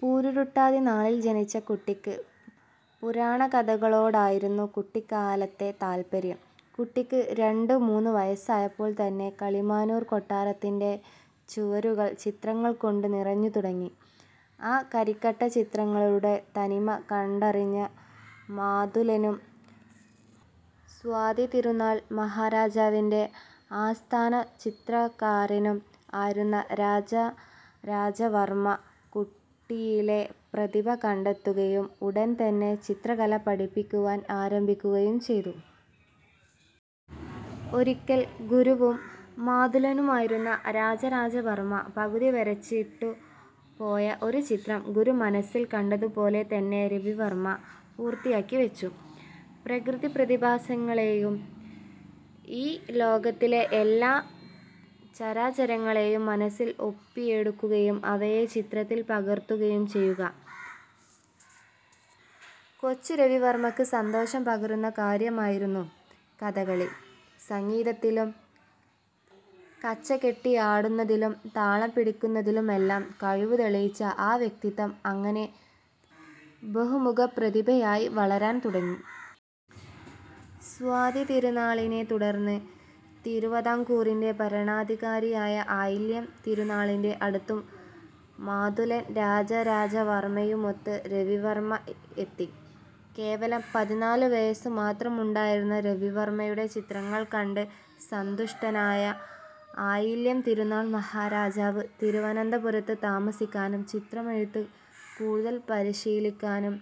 പൂരൂരുട്ടാതി നാളിൽ ജനിച്ച കുട്ടിക്ക് പുരാണകഥകളോടായിരുന്നു കുട്ടിക്കാലത്തേ താൽപര്യം. കുട്ടിക്ക് രണ്ടു മൂന്ന് വയസ്സായപ്പോൾ തന്നെ കിളിമാനൂർ കൊട്ടാരത്തിന്റെ ചുവരുകൾ ചിത്രങ്ങൾ കൊണ്ട് നിറഞ്ഞു തുടങ്ങി. ആ കരിക്കട്ടച്ചിത്രങ്ങളുടെ തനിമ കണ്ടറിഞ്ഞ മാതുലനും സ്വാതിതിരുനാൾ മഹാരാജാവിന്റെ ആസ്ഥാന ചിത്രകാരനും ആയിരുന്ന രാജരാജവർമ്മ കുട്ടിയിലെ പ്രതിഭ കണ്ടെത്തുകയും ഉടൻ തന്നെ ചിത്രകല പഠിപ്പിക്കുവാൻ ആരംഭിക്കുകയും ചെയ്തു. ഒരിക്കൽ ഗുരുവും മാതുലനുമായിരുന്ന രാജരാജവർമ്മ പകുതി വരച്ചിട്ടു പോയ ഒരു ചിത്രം ഗുരു മനസ്സിൽ കണ്ടതുപോലെ തന്നെ രവിവർമ്മ പൂർത്തിയാക്കി വച്ചു. പ്രകൃതി പ്രതിഭാസങ്ങളെയും ഈ ലോകത്തിലെ എല്ലാ ചരാചരങ്ങളെയും മനസ്സിൽ ഒപ്പിയെടുക്കുകയും അവയെ ചിത്രത്തിൽ പകർത്തുകയും ചെയ്യുക കൊച്ചുരവിവർമ്മയ്ക്ക് സന്തോഷം പകരുന്ന കാര്യമായിരുന്നു. കഥകളി സംഗീതത്തിലും കച്ചകെട്ടിയാടുന്നതിലും താളം പിടിക്കുന്നതിലുമെല്ലാം കഴിവു തെളിയിച്ച ആ വ്യക്തിത്വം അങ്ങനെ ബഹുമുഖപ്രതിഭയായി വളരാൻ തുടങ്ങി. സ്വാതിതിരുനാളിനെ തുടർന്ന് തിരുവിതാംകൂറിന്റെ ഭരണാധികാരിയായ ആയില്യം തിരുനാളിന്റെ അടുത്ത് മാതുലൻ രാജരാജവർമ്മയുമൊത്ത് രവിവർമ്മ എത്തി. കേവലം പതിനാല് വയസ്സുമാത്രമുണ്ടായിരുന്ന രവിവർമ്മയുടെ ചിത്രങ്ങൾ കണ്ട് സന്തുഷ്ടനായ ആയില്യം തിരുനാൾ മഹാരാജാവ് തിരുവനന്തപുരത്ത് താമസിക്കാനും, ചിത്രമെഴുത്ത് കൂടുതൽ പരിശീലിക്കാനും,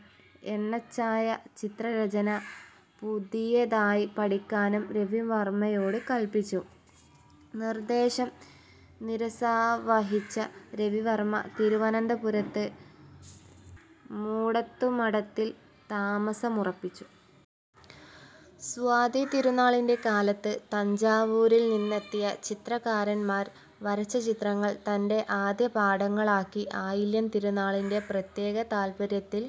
എണ്ണച്ചായ ചിത്രരചന പുതിയതായി പഠിക്കാനും രവിവർമ്മയോടു കൽപ്പിച്ചു. നിർദ്ദേശം ശിരസാവഹിച്ച രവിവർമ്മ തിരുവനന്തപുരത്ത് മൂടത്തുമഠത്തിൽ താമസമുറപ്പിച്ചു. സ്വാതിതിരുന്നാളിന്റെ കാലത്ത് തഞ്ചാവൂരിൽ നിന്നെത്തിയ ചിത്രകാരന്മാർ വരച്ചചിത്രങ്ങൾ തന്റെ ആദ്യപാഠങ്ങളാക്കി. ആയില്യംതിരുനാളിന്റെ പ്രത്യേക താൽപ്പര്യത്തിൽ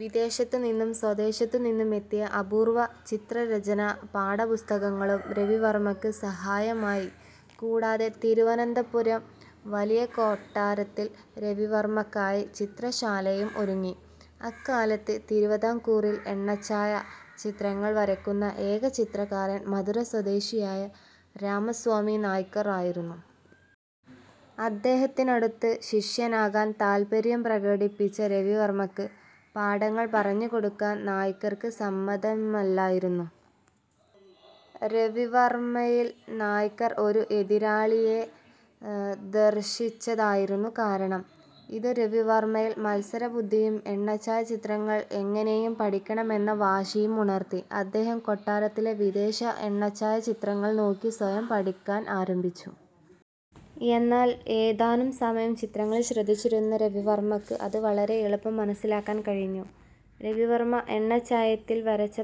വിദേശത്തുനിന്നും സ്വദേശത്തുനിന്നും എത്തിയ അപൂർവ്വ ചിത്രരചനാ പാഠപുസ്തകങ്ങളും രവിവർമ്മക്ക് സഹായകമായി. കൂടാതെ തിരുവനന്തപുരം വലിയകൊട്ടാരത്തിൽ രവിവർമ്മക്കായി ചിത്രശാലയും ഒരുങ്ങി. അക്കാലത്ത് തിരുവിതാംകൂറിൽ എണ്ണച്ചായ ചിത്രങ്ങൾ വരക്കുന്ന ഏക ചിത്രകാരൻ മധുര സ്വദേശിയായ രാമസ്വാമി നായ്ക്കർ ആയിരുന്നു. അദ്ദേഹത്തിനടുത്ത് ശിഷ്യനാകാൻ താത്പര്യം പ്രകടിപ്പിച്ച രവിവർമ്മക്ക് പാഠങ്ങൾ പറഞ്ഞു കൊടുക്കാൻ നായ്ക്കർക്ക് സമ്മതമല്ലായിരുന്നു. രവിവർമ്മയിൽ നായ്ക്കർ ഒരു എതിരാളിയെ ദർശിച്ചതായിരുന്നു കാരണം. ഇതു രവിവർമ്മയിൽ മത്സരബുദ്ധിയും എണ്ണച്ചായ ചിത്രങ്ങൾ എങ്ങനെയും പഠിക്കണമെന്ന വാശിയും ഉണർത്തി. അദ്ദേഹം കൊട്ടാരത്തിലെ വിദേശ എണ്ണച്ചായ ചിത്രങ്ങൾ നോക്കി സ്വയം പഠിക്കാൻ ആരംഭിച്ചു. എന്നാൽ ഏതാനം സമയം ചിത്രങ്ങളിൽ ശ്രദ്ധിച്ചിരുന്ന രവിവർമ്മക്ക് അത് വളരെ എളുപ്പം മനസ്സിലാക്കാൻ കഴിഞ്ഞു. രവിവർമ്മ എണ്ണച്ചായത്തിൽ വരച്ച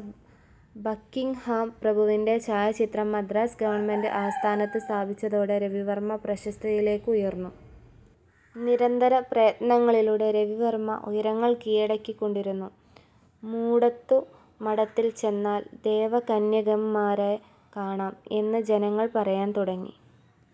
ബക്കിങ്ങ്ഹാം പ്രഭുവിന്റെ ഛായാ ചിത്രം മദ്രാസ് ഗവൺമന്റ് ആസ്ഥാനത്ത് സ്ഥാപിച്ചതോടെ രവിവർമ്മ പ്രശസ്തിയിലേക്ക് ഉയർന്നു. നിരന്തര പ്രയത്നങ്ങളിലൂടെ രവിവർമ്മ ഉയരങ്ങൾ കീഴടക്കികൊണ്ടിരുന്നു. 'മൂടത്തു മഠത്തിൽ ചെന്നാൽ ദേവകന്യകമാരെ കാണാം' എന്ന് ജനങ്ങൾ പറയാൻ തുടങ്ങി.